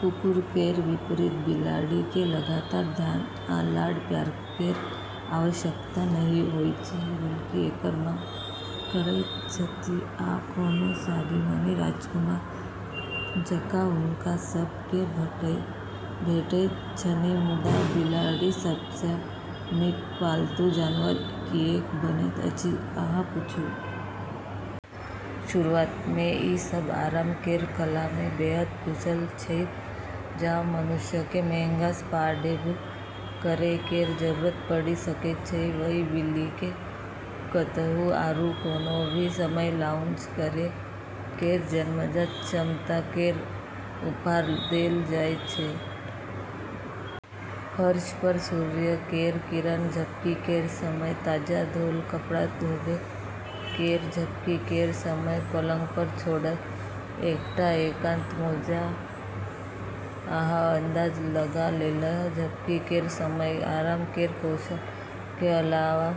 कुकुर केर विपरीत बिलाड़ि केँ लगातार ध्यान आ लाड़-प्यार केर आवश्यकता नहि होइत छै। बल्कि एकर मांग करैत छथि। आ, कोनो स्वाभिमानी राजकुमार जकाँ, हुनका सभ केँ भेटैत छनि। मुदा बिलाड़ि सब सँ नीक पालतू जानवर किएक बनैत अछि, अहाँ पूछू? शुरुआत मे ई सब आराम केर कला मे बेहद कुशल छैथ। जहाँ मनुष्य केँ महंगा स्पा डे बुक करै केर जरूरत पड़ि सकैत छै, वहीं बिल्ली केँ कतहु आरू कोनो भी समय लाउंज करै केर जन्मजात क्षमता केर उपहार देल जाइत छै। फर्श पर सूर्य केर किरण? झपकी केर समय। ताजा धोल कपड़ा धोबै केर? झपकी केर समय। पलंग पर छोड़ल एकटा एकांत मोजा? अहाँ अंदाज लगा लेलह। झपकी केर समय। आराम केर कौशल के अलावा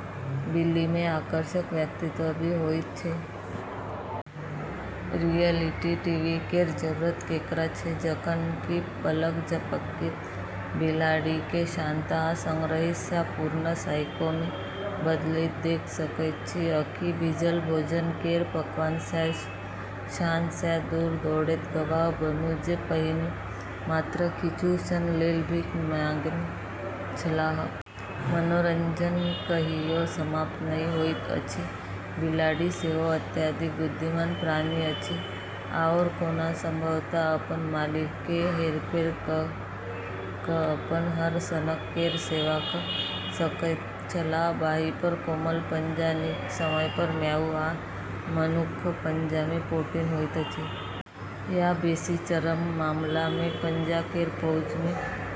बिल्ली मे आकर्षक व्यक्तित्व भी होइत छै। रियलिटी टीवी केर जरूरत केकरा छै जखन कि पलक झपकैत बिलाड़ि केँ शांत आ संग्रहित सँ पूर्ण साइको मे बदलैत देख सकैत छी। आकि भीजल भोजन केर पकवान सँ शान सँ दूर दौड़ैत गवाह बनू जे पहिने मात्र किछु क्षण लेल भीख मँगने छलाह? मनोरंजन कहियो समाप्त नहि होइत अछि। बिलाड़ि सेहो अत्यधिक बुद्धिमान प्राणी अछि। आओर कोना संभवतः अपन मालिक केँ हेरफेर कऽ कऽ अपन हर सनक केर सेवा कऽ सकैत छलाह। बाँहि पर कोमल पंजा, नीक समय पर म्याऊ, आ मनुक्ख पंजा मे पोटीन होइत अछि। या, बेसी चरम मामला मे, पंजा केर पहुंच मे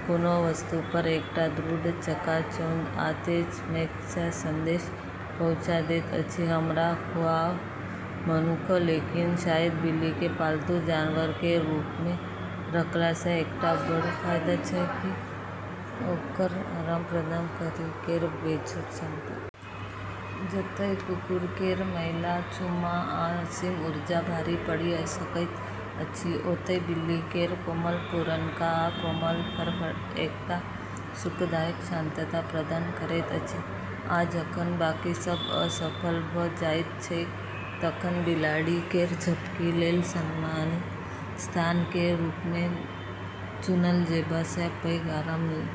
कोनो वस्तु पर एकटा दृढ़ चकाचौंध आ तेज स्मैक सँ संदेश पहुँचा दैत अछि हमरा खुआउ, मनुक्ख। लेकिन शायद बिल्ली केँ पालतू जानवर केर रूप मे रखला सँ एकटा बड़ फायदा छै कि ओकर आराम प्रदान करै केर बेजोड़ क्षमता। जतय कुकुर केर मैला चुम्मा आ असीम ऊर्जा भारी पड़ि सकैत अछि, ओतय बिल्ली केर कोमल पुरनका आ कोमल फर एकटा सुखदायक शांतता प्रदान करैत अछि। आ जखन बाकी सब असफल भऽ जाइत छैक तखन बिलाड़ि केर झपकी लेल सम्मानित स्थान केर रूप मे चुनल जेबा सँ पैघ आराम नहि।